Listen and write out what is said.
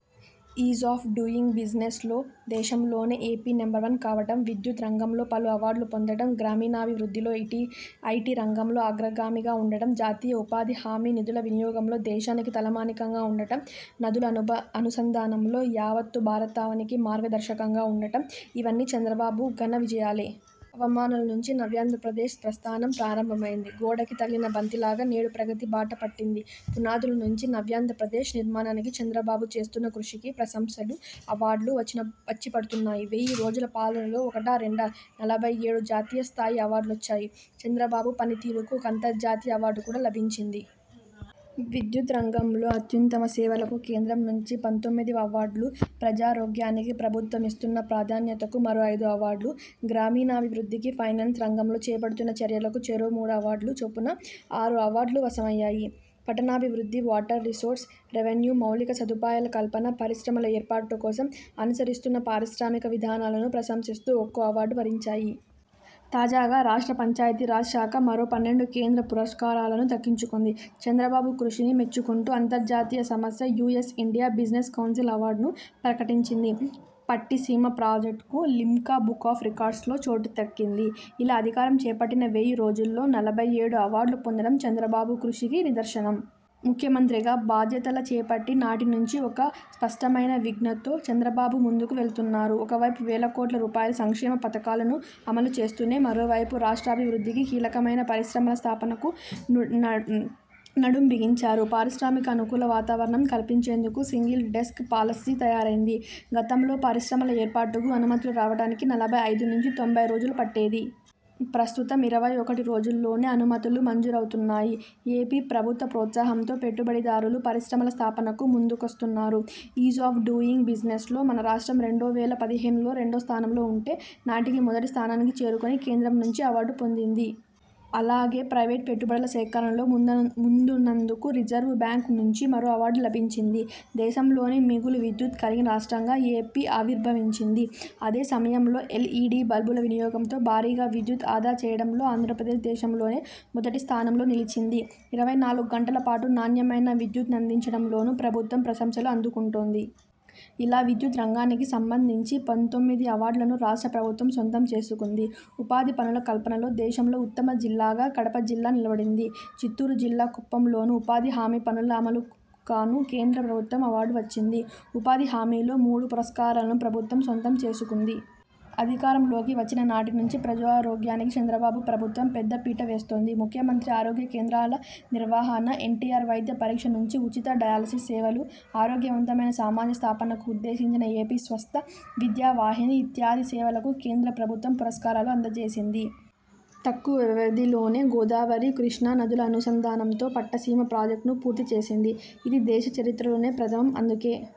Is of doing business లో దేశంలోనే AP number one కావడం, విద్యుత్ రంగంలో పలు అవార్డుల పొందడం, గ్రామీణాభివృద్ధిలో, ఐటీ రంగంలో అగ్రగామిగా ఉండడం, జాతీయ ఉపాధి హామీ నిధుల వినియోగంలో దేశానికే తలమానికంగా ఉండడం, నదుల అనుసంధానంలో యావత్తు భారతావనికి మార్గదర్శకంగా ఉండడం ఇవన్నీ చంద్రబాబు ఘన విజయాలే. అవమానాల నుంచి నవ్యాంధ్రప్రదేశ్ ప్రస్థానం ప్రారంభమైంది. గోడకి తగిలిన బంతిలాగా నేడు ప్రగతి బాట పట్టింది. పునాదుల నుంచి నవ్యాంధ్రప్రదేశ్ నిర్మాణానికి చంద్రబాబు చేస్తున్న కృషికి ప్రశంసలు, అవార్డులు వచ్చిన వచ్చిపడుతున్నాయి. వెయ్యి రోజుల పాలనలో ఒకటా రెండా నలభై ఏడు జాతీయస్థాయి అవార్డులొచ్చాయి. చంద్రబాబు పనితీరుకు ఒక అంతర్జాతీయ అవార్డు కూడా లభించింది. విద్యుత్ రంగంలో అత్యుత్తుమ సేవలకు కేంద్రం నుంచి పంతొమ్మిది అవార్డులు, ప్రజారోగ్యానికి ప్రభుత్వమిస్తున్న ప్రాధాన్యతకు మరో ఐదు అవార్డులు, గ్రామీణాభివృద్ధి, ఫైనాన్స్ రంగంలో చేపడుతున్న చర్యలకు చెరో మూడు అవార్డుల చొప్పున ఆరు అవార్డులూ వశమయ్యాయి. పట్టణాభివృద్ధి, వాటర్ రిసోర్స్, రెవెన్యూ, మౌలిక సదుపాయాల కల్పన, పరిశ్రమల ఏర్పాటు కోసం అనుసరిస్తున్న పారిశ్రామిక విధానాలను ప్రశంసిస్తూ ఒక్కో అవార్డు వరించాయి. తాజాగా రాష్ట్ర పంచాయతీ రాజ్ శాఖ మరో పన్నెండు కేంద్ర పురస్కారాలను దక్కించుకుంది. చంద్రబాబు కృషిని మెచ్చుకుంటూ అంతర్జాతీయ సంస్థ యూఎస్ ఇండియా బిజినెస్ కౌన్సిల్ అవార్డును ప్రకటించింది. పట్టిసీమ ప్రాజెక్టుకు లిమ్కా బుక్ ఆఫ్ రికార్డ్సులో చోటు దక్కింది. ఇలా అధికారం చేపట్టిన వెయ్యి రోజుల్లో నలభై ఏడు అవార్డులు పొందడం చంద్రబాబు కృషికి నిదర్శనం. ముఖ్యమంత్రిగా బాధ్యతల చేపట్టి నాటినుంచి ఒక స్పష్టమైన విజన్తో చంద్రబాబు ముందుకు వెళుతున్నారు. ఒకవైపు వేలకోట్ల రూపాయల సంక్షేమ పథకాలను అమలు చేస్తూనే, మరోవైపు రాష్ట్రాభివృద్ధికి కీలకమైన పరిశ్రమల స్థాపనకు నడుం నడుంబిగించారు. పారిశ్రామిక అనుకూల వాతావరణం కల్పించేందుకు సింగిల్ డెస్క్ పాలసీ తయారైంది. గతంలో పరిశ్రమల ఏర్పాటుకు అనుమతులు రావడానికి నలభై ఐదు నుంచి తొంభై రోజులు పట్టేది. ప్రస్తుతం ఇరవై ఒకటి రోజుల్లోనే అనుమతులు మంజూరవుతున్నాయి. ఏపీ ప్రభుత్వ ప్రోత్సాహంతో పెట్టుబడిదారులు పరిశ్రమల స్థాపనకు ముందుకొస్తున్నారు. ఈజ్ ఆఫ్ డూయింగ్ బిజినెస్లో మన రాష్ట్రం రెండు వేల పదిహేనులో రెండో స్థానంలో ఉంటే, నాటికి మొదటి స్థానానికి చేరుకుని కేంద్రం నుంచి అవార్డు పొందింది. అలాగే, ప్రైవేటు పెట్టుబడుల సేకరణలో ముందున్ ముందున్నందుకు రిజర్వు బ్యాంకు నుంచి మరో అవార్డు లభించింది. దేశంలోనే మిగులు విద్యుత్ కలిగిన రాష్ట్రంగా ఏపీ ఆవిర్భవించింది. అదే సమయంలో ఎల్ఈడీ బల్బుల వినియోగంతో భారీగా విద్యుత్ ఆదా చేయడంలోనూ ఆంధ్రప్రదేశ్ దేశంలోనే మొదటి స్థానంలో నిలిచించింది. ఇరవై నాలుగు గంటల పాటు నాణ్యమైన విద్యుత్తునందించడంలోనూ ప్రభుత్వం ప్రశంసలు అందుకుంటోంది. ఇలా విద్యుత్ రంగానికి సంబంధించి పంతొమ్మిది అవార్డులను రాష్ట్ర ప్రభుత్వం సొంతం చేసుకుంది. ఉపాధి పనుల కల్పనలో దేశంలో ఉత్తమ జిల్లాగా కడప జిల్లా నిలబడింది. చిత్తూరు జిల్లా కుప్పంలోనూ ఉపాధి హామీ పనుల అమలుకుగాను కేంద్ర ప్రభుత్వ అవార్డు వచ్చింది. ఉపాధి హామీలో మూడు పురస్కారాలను ప్రభుత్వం సొంతం చేసుకుంది. అధికారంలోకి వచ్చిన నాటి నుంచి ప్రజారోగ్యానికి చంద్రబాబు ప్రభుత్వం పెద్ద పీట వేస్తోంది. ముఖ్యమంత్రి ఆరోగ్య కేంద్రాల నిర్వహణ, ఎన్టీఆర్ వైద్య పరీక్ష నుంచి ఉచిత డయాలసిస్ సేవలు, ఆరోగ్యవంతమైన సమాజ స్థాపనకు ఉద్దేశించిన ఏపీ స్వాస్థ్య విద్యా వాహిని ఇత్యాది సేవలకు కేంద్ర ప్రభుత్వం పురస్కారాలు అందజేసింది. తక్కువ వ్యవధిలోనే గోదావరి, కృష్ణా నదుల అనుసంధానంతో పట్టిసీమ ప్రాజెక్టును పూర్తి చేసింది. ఇది దేశ చరిత్రలోనే ప్రథమం. అందుకే